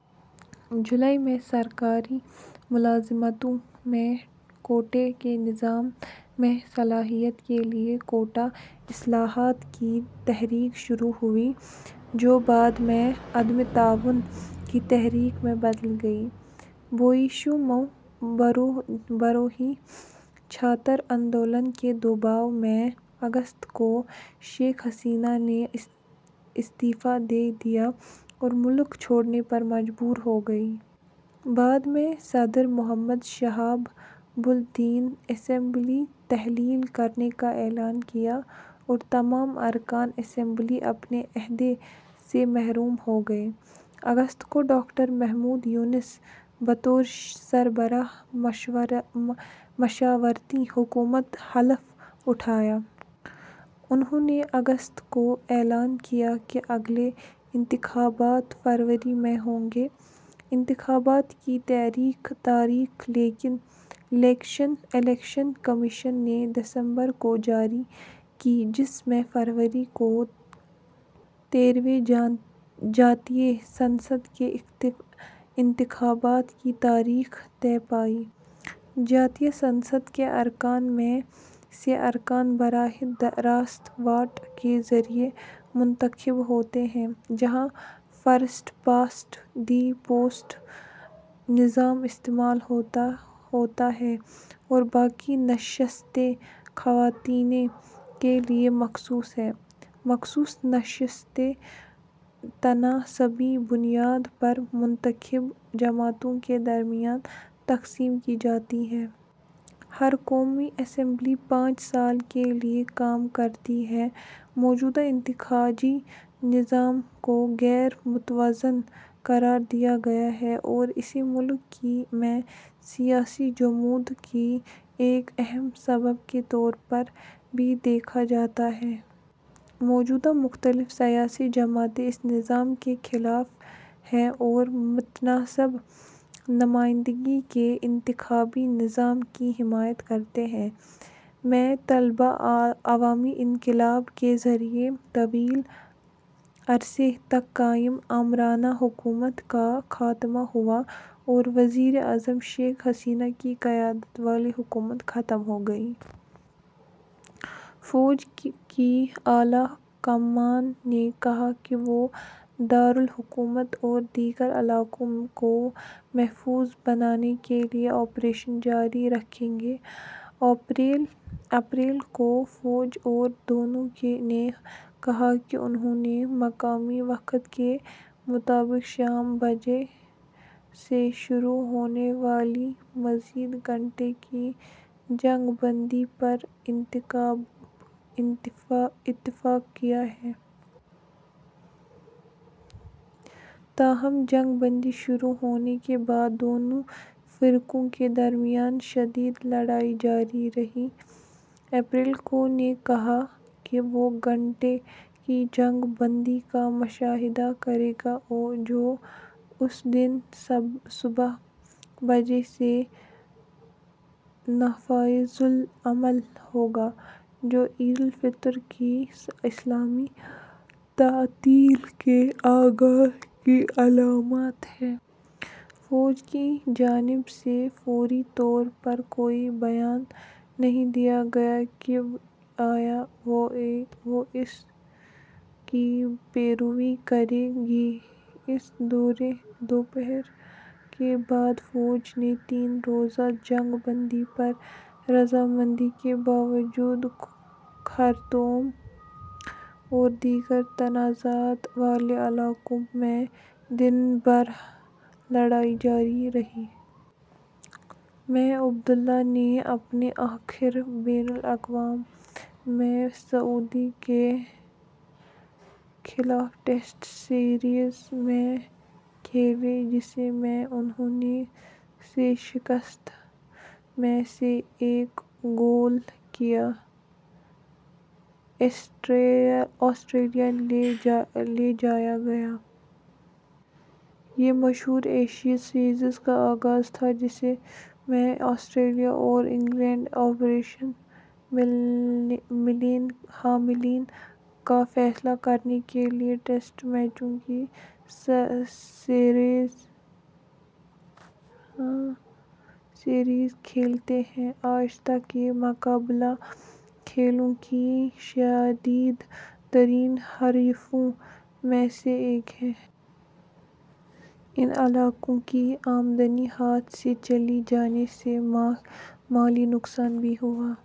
جولائی ء میں سرکاری ملازمتوں میں کوٹے کے نظام میں اصلاحات کے لیے کوٹا اصلاحات کی تحریک شروع ہوئی جو بعد میں عدم تعاون کی تحریک میں بدل گئی۔ بوئیشموبرودھی چھاتر آندولن کے دباؤ میں اگست ء کو شیخ حسینہ نے استعفا دے دیا اور ملک چھوڑنے پر مجبور ہوگئیں۔ بعد میں صدر محمد شہاب الدین اسمبلی تحلیل کرنے کا اعلان کیا اور تمام ارکان اسمبلی اپنے عہدے سے محروم ہو گئے۔ اگست ء کو ڈاکٹر محمد یونس بطور سربراہ مشاورتی حکومت حلف اٹھائا۔ انھوں نے اگست ء کو اعلان کیا کہ اگلے انتخابات فروری ء میں ہوں گے۔ انتخابات کی تاریخ الیکشن کمیشن نے دسمبر ء کو جاری کی جس میں فروری ء کو تیرھویں جاتیہ سنسد کے انتخابات کی تاریخ طے پائی۔ جاتیہ سنسد کے ارکان میں سے ارکان براہِ راست ووٹ کے ذریعے منتخب ہوتے ہیں، جہاں 'فرسٹ پاسٹ دی پوسٹ' نظام استعمال ہوتا ہے اور باقی نشستیں خواتین کے لیے مخصوص ہیں۔ مخصوص نشستیں تناسبی بنیاد پر منتخب جماعتوں کے درمیان تقسیم کی جاتی ہیں۔ ہر قومی اسمبلی پانچ سال کے لیے کام کرتی ہے۔ موجودہ انتخابی نظام کو غیر متوازن قرار دیا گیا ہے اور اسے ملک میں سیاسی جمود کے ایک اہم سبب کے طور پر بھی دیکھا جاتا ہے۔ موجودہ مختلف سیاسی جماعتیں اس نظام کے خلاف ہیں اور متناسب نمائندگی کے انتخابی نظام کی حمایت کرتی ہیں۔ ء میں طلبہ عوامی انقلاب کے ذریعے طویل عرصے تک قائم آمرانہ حکومت کا خاتمہ ہوا اور وزیر اعظم شیخ حسینہ کی قیادت والی حکومت ختم ہو گئی۔ فوج کی اعلیٰ کمان نے کہا کہ وہ دار الحکومت اور دیگر علاقوں کو محفوظ بنانے کے لیے آپریشن جاری رکھے گی۔ اپریل کو، فوج اور دونوں نے کہا کہ انھوں نے مقامی وقت کے مطابق شام بجے سے شروع ہونے والی مزید گھنٹے کی جنگ بندی پر اتفاق کیا ہے۔ تاہم، جنگ بندی شروع ہونے کے بعد دونوں فریقوں کے درمیان شدید لڑائی جاری رہی۔ اپریل کو، نے کہا کہ وہ گھنٹے کی جنگ بندی کا مشاہدہ کرے گا جو اس دن صبح بجے سے نافذ العمل ہو گا، جو عید الفطر کی اسلامی تعطیل کے آغاز کی علامت ہے۔ فوج کی جانب سے فوری طور پر کوئی بیان نہیں دیا گیا کہ آیا وہ اس کی پیروی کرے گی۔ اس دوپہر کے بعد فوج کے تین روزہ جنگ بندی پر رضامندی کے باوجود خرطوم اور دیگر تنازعات والے علاقوں میں دن بھر لڑائی جاری رہی۔ ء میں عبد اللہ نے اپنے آخری بین الاقوامی میچ سعودی عرب کے خلاف ٹیسٹ سیریز میں کھیلے جس میں انھوں نے - سے شکست میں سے ایک گول کیا۔ آسٹریلیا لے جایا گیا۔ " یہ مشہور ایشیز سیریز کا آغاز تھا جس میں آسٹریلیا اور انگلینڈ ایشز کے حاملین کا فیصلہ کرنے کے لیے ٹیسٹ میچوں کی سیریز کھیلتے ہیں۔ آج تک، یہ مقابلہ کھیلوں کی شدید ترین حریفوں میں سے ایک ہے۔ ان علاقوں کی آمدنی ہاتھ سے چلی جانے سے مالی نقصان بھی ہوا۔